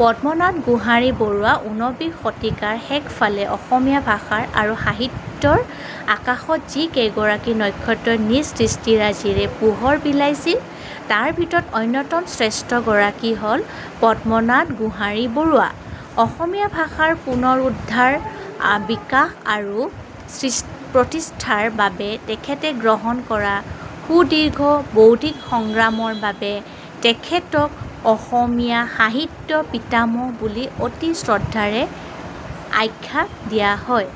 পদ্মনাথ গোহাঞিবৰুৱা উনবিংশ শতিকাৰ শেষৰফালে অসমীয়া ভাষা আৰু সাহিত্যৰ আকাশত যি কেইগৰাকী নক্ষত্ৰই নিজৰ সৃষ্টিৰাজিৰে পোহৰ বিলাইছিল, তাৰ ভিতৰত অন্যতম শ্ৰেষ্ঠ গৰাকী হ'ল পদ্মনাথ গোহাঞিবৰুৱা। অসমীয়া ভাষাৰ পুনৰুদ্ধাৰ, বিকাশ আৰু প্ৰতিষ্ঠাৰ বাবে তেখেতে গ্ৰহণ কৰা সুদীৰ্ঘ বৌদ্ধিক সংগ্ৰামৰ বাবে তেখেতক 'অসমীয়া সাহিত্যৰ পিতামহ' বুলি অতি শ্ৰদ্ধাৰে আখ্যা দিয়া হয়।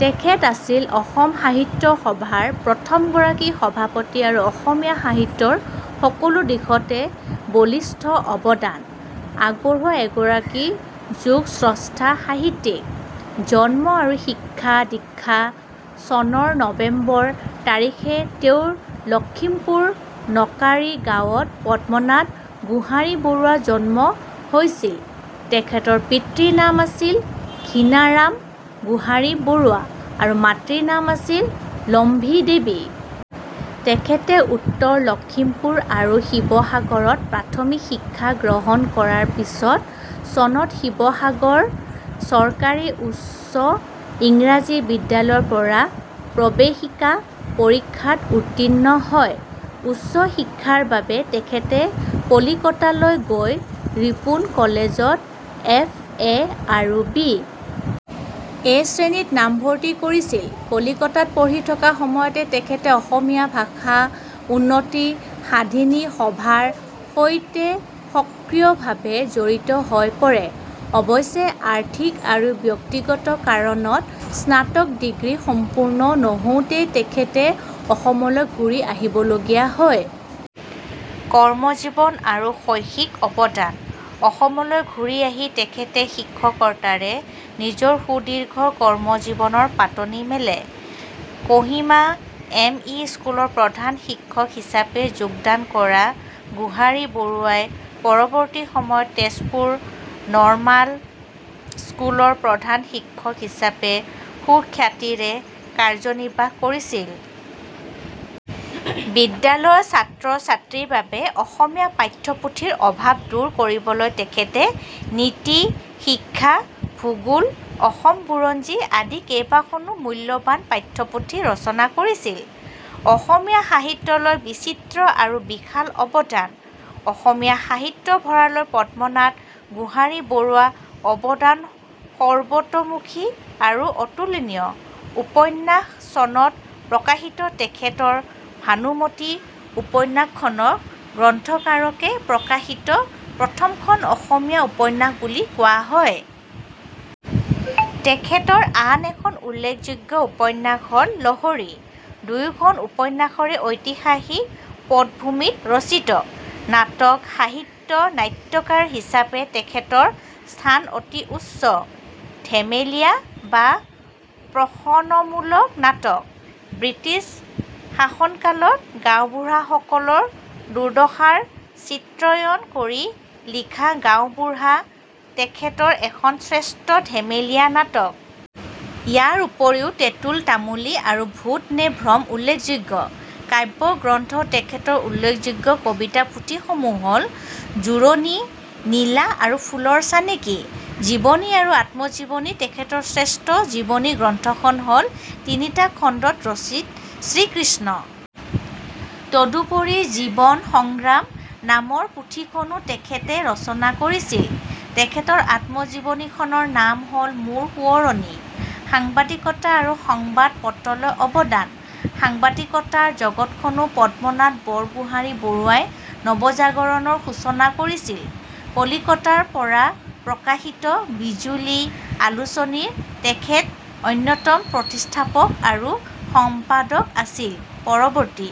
তেখেত আছিল অসম সাহিত্য সভাৰ প্ৰথমগৰাকী সভাপতি আৰু অসমীয়া সাহিত্যৰ সকলো দিশতে বলিষ্ঠ অৱদান আগবঢ়োৱা এগৰাকী যুগস্ৰষ্টা সাহিত্যিক। জন্ম আৰু শিক্ষা-দীক্ষা: চনৰ নৱেম্বৰ তাৰিখে উত্তৰ লখিমপুৰৰ নকাৰী গাঁৱত পদ্মনাথ গোহাঞিবৰুৱাৰ জন্ম হৈছিল। তেখেতৰ পিতৃৰ নাম আছিল ঘীণাৰাম গোহাঞিবৰুৱা আৰু মাতৃৰ নাম আছিল লম্ভী দেৱী। তেখেতে উত্তৰ লখিমপুৰ আৰু শিৱসাগৰত প্ৰাথমিক শিক্ষা গ্ৰহণ কৰাৰ পিছত চনত শিৱসাগৰ চৰকাৰী উচ্চ ইংৰাজী বিদ্যালয়ৰ পৰা প্ৰৱেশিকা পৰীক্ষাত উত্তীৰ্ণ হয়। উচ্চ শিক্ষাৰ বাবে তেখেতে কলিকতালৈ গৈ ৰিপন কলেজত এফ. এ. আৰু বি. এ. শ্ৰেণীত নামভৰ্তি কৰিছিল। কলিকতাত পঢ়ি থকা সময়তেই তেখেত 'অসমীয়া ভাষা উন্নতি সাধিনী সভা'ৰ সৈতে সক্ৰিয়ভাৱে জড়িত হৈ পৰে। অৱশ্যে আৰ্থিক আৰু ব্যক্তিগত কাৰণত স্নাতক ডিগ্ৰী সম্পূৰ্ণ নৌহওঁতেই তেখেত অসমলৈ ঘূৰি আহিবলগীয়া হয়। কৰ্মজীৱন আৰু শৈক্ষিক অৱদান: অসমলৈ ঘূৰি আহি তেখেতে শিক্ষকতাৰে নিজৰ সুদীৰ্ঘ কৰ্মজীৱনৰ পাতনি মেলে। কহিমা এম. ই. স্কুলৰ প্ৰধান শিক্ষক হিচাপে যোগদান কৰা গোহাঞিবৰুৱাই পৰৱৰ্তী সময়ত তেজপুৰ নৰ্মাল স্কুলৰ প্ৰধান শিক্ষক হিচাপেও সুখ্যাতিৰে কাৰ্যনিৰ্বাহ কৰিছিল। বিদ্যালয়ৰ ছাত্ৰ-ছাত্ৰীৰ বাবে অসমীয়া পাঠ্যপুথিৰ অভাৱ দূৰ কৰিবলৈ তেখেতে 'নীতি-শিক্ষা', 'ভূগোল', 'অসম বুৰঞ্জী' আদি কেইবাখনো মূল্যৱান পাঠ্যপুথি ৰচনা কৰিছিল। অসমীয়া সাহিত্যলৈ বিচিত্ৰ আৰু বিশাল অৱদান: অসমীয়া সাহিত্য ভঁৰাললৈ পদ্মনাথ গোহাঞিবৰুৱাৰ অৱদান সৰ্বতোমুখী আৰু অতুলনীয়: উপন্যাস: চনত প্ৰকাশিত তেখেতৰ 'ভানুমতী' উপন্যাসখনক গ্ৰন্থাকাৰে প্ৰকাশিত প্ৰথমখন অসমীয়া উপন্যাস বুলি কোৱা হয়। তেখেতৰ আন এখন উল্লেখযোগ্য উপন্যাস হ'ল 'লহৰী'। দুয়োখন উপন্যাসেই ঐতিহাসিক পটভূমিত ৰচিত। নাটক সাহিত্য: নাট্যকাৰ হিচাপে তেখেতৰ স্থান অতি উচ্চ। ধেমেলীয়া বা প্ৰহসনমূলক নাটক: ব্ৰিটিছ শাসনকালত গাঁওবুঢ়াসকলৰ দুৰ্দশাৰ চিত্ৰায়ণ কৰি লিখা 'গাঁওবুঢ়া' তেখেতৰ এখন শ্ৰেষ্ঠ ধেমেলীয়া নাটক। ইয়াৰ উপৰিও 'টেটোন তামুলী' আৰু 'ভূত নে ভ্ৰম' উল্লেখযোগ্য। কাব্য গ্ৰন্থ: তেখেতৰ উল্লেখযোগ্য কবিতা পুথিসমূহ হ'ল— 'জুৰণি', 'লীলা' আৰু 'ফুলৰ চানেকি'। জীৱনী আৰু আত্মজীৱনী: তেখেতৰ শ্ৰেষ্ঠ জীৱনী গ্ৰন্থখন হ'ল তিনিটা খণ্ডত ৰচিত 'শ্ৰীকৃষ্ণ'। তদুপৰি 'জীৱনী সংগ্ৰহ' নামৰ পুথিখনো তেখেতে ৰচনা কৰিছিল। তেখেতৰ আত্মজীৱনীখনৰ নাম হ'ল 'মোৰ সোঁৱৰণী'। সাংবাদিকতা আৰু সংবাদ পত্ৰলৈ অৱদান: সাংবাদিকতাৰ জগতখনতো পদ্মনাথ গোহাঞিবৰুৱাই নৱজাগৰণৰ সূচনা কৰিছিল: কলিকতাৰ পৰা প্ৰকাশিত 'বিজুলী' আলোচনীৰ তেখেত অন্যতম প্ৰতিষ্ঠাপক আৰু সম্পাদক আছিল। পৰৱৰ্তী